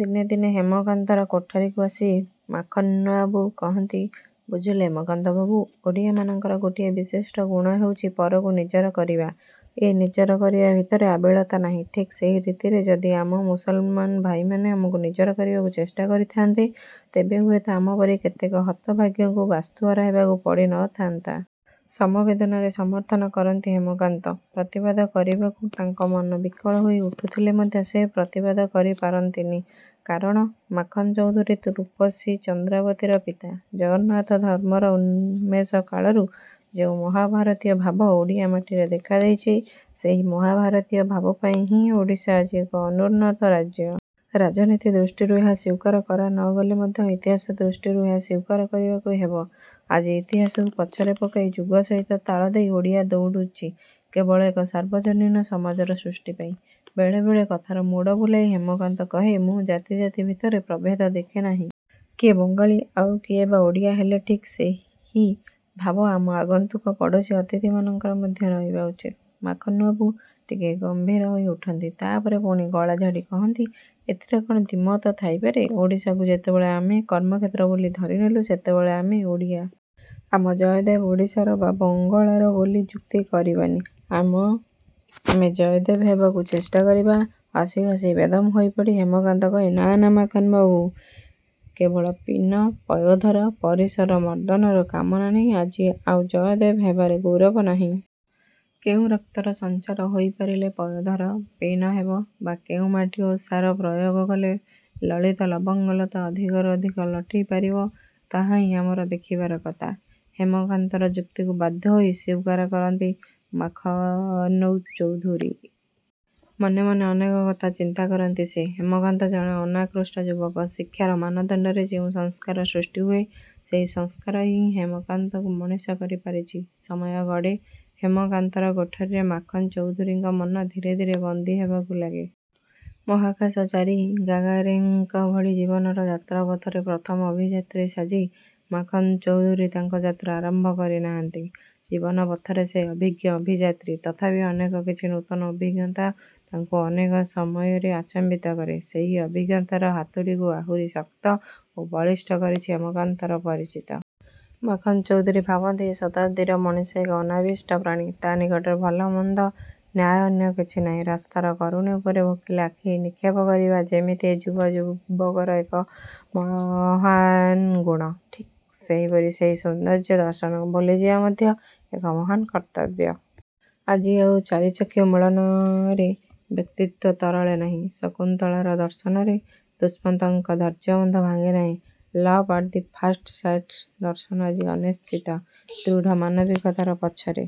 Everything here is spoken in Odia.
ଦିନେ ଦିନେ ହେମକାନ୍ତର କୋଠରୀକୁ ଆସି ମାଖନ୍ବାବୁ କହନ୍ତି ବୁଝିଲେ ହେମକାନ୍ତ ବାବୁ ଓଡ଼ିଆମାନଙ୍କର ଗୋଟିଏ ବିଶିଷ୍ଟ ଗୁଣ ହେଉଛି ପରକୁ ନିଜର କରିବା। ଏ ନିଜର କରିବା ଭିତରେ ଆବିଳତା ନାହିଁ। ଠିକ୍ ସେହି ରୀତିରେ ଯଦି ଆମ ମୁସଲମାନ ଭାଇମାନେ ଆମକୁ ନିଜର କରିବାକୁ ଚେଷ୍ଟା କରିଥାଆନ୍ତେ ତେବେ ହୁଏତ ଆମ ପରି କେତେକ ହତଭାଗ୍ୟଙ୍କୁ ବାସ୍ତୁହରା ହେବାକୁ ପଡ଼ି ନ ଥାନ୍ତା। ସମବେଦନାରେ ସମର୍ଥନ କରନ୍ତି ହେମକାନ୍ତ। ପ୍ରତିବାଦ କରିବାକୁ ତାଙ୍କ ମନ ବିକଳ ହୋଇ ଉଠୁଥିଲେ ମଧ୍ୟ ସେ ପ୍ରତିବାଦ କରି ପାରନ୍ତିନି। କାରଣ ମାଖନ୍ ଚୌଧୁରୀ ରୂପସୀ ଚନ୍ଦ୍ରାବତୀର ପିତା। ଜଗନ୍ନାଥ ଧର୍ମର ଉନ୍ମେଷ କାଳରୁ ଯେଉଁ ମହାଭାରତୀୟ ଭାବ ଓଡ଼ିଆ ମାଟିରେ ଦେଖାଦେଇଛି ସେହି ମହାଭାରତୀୟ ଭାବପାଇଁ ହିଁ ଓଡ଼ିଶା ଆଜି ଏକ ଅନୁନ୍ନତ ରାଜ୍ୟ। ରାଜନୀତି ଦୃଷ୍ଟିରୁ ଏହା ସ୍ୱୀକାର କରା ନ ଗଲେ ମଧ୍ୟ ଇତିହାସ ଦୃଷ୍ଟିରୁ ଏହା ସ୍ୱୀକାର କରିବାକୁ ହେବ। ଆଜି ଇତିହାସକୁ ପଛରେ ପକାଇ ଯୁଗ ସହିତ ତାଳ ଦେଇ ଓଡ଼ିଆ ଦୌଡ଼ଛି କେବଳ ଏକ ସାର୍ବଜନୀନ ସମାଜର ସୃଷ୍ଟି ପାଇଁ। ବେଳେ ବେଳେ କଥାର ମୋଡ଼ ବୁଲାଇ ହେମକାନ୍ତ କହେ ମୁଁ ଜାତି ଜାତି ଭିତରେ ପ୍ରଭେଦ ଦେଖେ ନାହିଁ। କିଏ ବଙ୍ଗାଳୀ ଆଉ କିଏ ବା ଓଡ଼ିଆ ହେଲେ ଠିକ୍ ସେହି ଭାବ ଆମ ଆଗନ୍ତୁକ ପଡ଼ୋଶୀ ଅତିଥିମାନଙ୍କର ମଧ୍ୟ ରହିବା ଉଚିତ। ମାଖନ ବାବୁ ଟିକେ ଗମ୍ଭୀର ହୋଇଉଠନ୍ତି। ତା'ପରେ ପୁଣି ଗଳା ଝାଡ଼ି କହନ୍ତି ଏଥିରେ କଣ ଦ୍ୱିମତ ଥାଇପାରେ? ଓଡ଼ିଶାକୁ ଯେତେବେଳେ ଆମେ କର୍ମକ୍ଷେତ୍ର ବୋଲି ଧରିନେଲୁ ସେତେବେଳେ ଆମେ ଓଡ଼ିଆ। ଆମ ଜୟଦେବ ଓଡ଼ିଶାର ବା ବଙ୍ଗଳାର ବୋଲି ଯୁକ୍ତି କରିବାନି ଆମେ ଜୟଦେବ ହେବାକୁ ଚେଷ୍ଟା କରିବା। ହସି ହସି ବେଦମ୍ ହୋଇପଡ଼ି ହେମକାନ୍ତ କହେ ନାଁ ନାଁ ମାଖନ ବାବୁ। କେବଳ ପୀନ ପୟୋଧର ପରିସର ମର୍ଦନର କାମନ ନେଇ ଆଜି ଆଉ ଜୟଦେବ ହେବାରେ ଗୌରବ ନାହିଁ। କେଉଁ ରକ୍ତର ସଞ୍ଚାର ହୋଇ ପାରିଲେ ପୟୋଧର ପୀନ ହେବ ବା କେଉଁ ମାଟି ଓ ସାର ପ୍ରୟୋଗ କଲେ ଲଳିତ ଲବଙ୍ଗଲତା ଅଧିକରୁ ଅଧିକ ଲଟେଇ ପାରିବ ତାହା ହିଁ ଆମର ଦେଖିବାର କଥା। ହେମକାନ୍ତର ଯୁକ୍ତିକୁ ବାଧ୍ୟ ହୋଇ ସ୍ୱୀକାର କରନ୍ତି ମାଖନ୍ଚୌଧୁରୀ। ମନେ ମନେ ଅନେକ କଥା ଚିନ୍ତା କରନ୍ତି ସେ। ହେମକାନ୍ତ ଜଣେ ଅନାକୃଷ୍ଟ ଯୁବକ। ଶିକ୍ଷାର ମାନଦଣ୍ଡରେ ଯେଉଁ ସଂସ୍କାର ସୃଷ୍ଟି ହୁଏ, ସେହି ସଂସ୍କାର ହିଁ ହେମକାନ୍ତକୁ ମଣିଷ କରି ପାରିଛି। ସମୟ ଗଡ଼େ। ହେମକାନ୍ତର କୋଠରୀରେ ମାଖନ୍ ଚୌଧୁରୀଙ୍କ ମନ ଧୀରେ ଧୀରେ ବନ୍ଦୀ ହେବାକୁ ଲାଗେ। ମହାକାଶଚାରୀ ଗାଗାରିନ୍ଙ୍କ ଭଳି ଜୀବନର ଯାତ୍ରାପଥରେ ପ୍ରଥମ ଅଭିଯାତ୍ରୀ ସାଜି, ମାଖନ୍ଚୌଧୁରୀ ତାଙ୍କ ଯାତ୍ରା ଆରମ୍ଭ କରି ନାହାଁନ୍ତି। ଜୀବନ ପଥର ସେ ଅଭିଜ୍ଞ ଅଭିଯାତ୍ରୀ। ତଥାପି ଅନେକ କିଛି ନୂତନ ଅଭିଜ୍ଞତା ତାଙ୍କୁ ଅନେକ ସମୟରେ ଆଚମ୍ବିତ କରେ। ସେହି ଅଭିଜ୍ଞତାର ହାତୁଡ଼ିକୁ ଆହୁରି ଶକ୍ତ ଓ ବଳିଷ୍ଠ କରିଛି ହେମକାନ୍ତର ପରିଚିତି। ମାଖନ୍ ଚୌଧୁରୀ ଭାବନ୍ତି ଏ ଶତାବ୍ଦୀର ମଣିଷ ଏକ ଅନାବିଷ୍ଟ ପ୍ରାଣୀ। ତା ନିକଟରେ ଭଲ ମନ୍ଦ ନ୍ୟାୟ ଅନ୍ୟାୟ କିଛି ନାହିଁ। ରାସ୍ତାର କରୁଣୀ ଉପରେ ଭୋକିଲା ଆଖି ନିକ୍ଷେପ କରିବା ଯେମିତି ଏ ଯୁଗ ଯୁବକର ଏକ ମହାନ୍ଗୁଣ ଠିକ୍ ସେହିପରି ସେହି ସୌନ୍ଦର୍ଯ୍ୟ ଦର୍ଶନକୁ ଭୁଲିଯିବା ମଧ୍ୟ ଏକ ମହାନ କର୍ତ୍ତବ୍ୟ। ଆଜି ଆଉ ଚାରିଚକ୍ଷୁ ମିଳନରେ ବ୍ୟକ୍ତିତ୍ୱ ତରଳେ ନାହିଁ। ଶକୁନ୍ତଳାର ଦର୍ଶନରେ ଦୁଷ୍ମନ୍ତଙ୍କ ଧୈର୍ଯ୍ୟବନ୍ଧ ଭାଙ୍ଗେ ନାହିଁ। ଲଭ୍ ଆଟ୍ ଦି ଫାଷ୍ଟ୍ ସାଇଟ୍ର ଦର୍ଶନ ଆଜି ଅନିଶ୍ଚିତ। ଦୃଢ଼ ମାନବିକତାର ପଛରେ।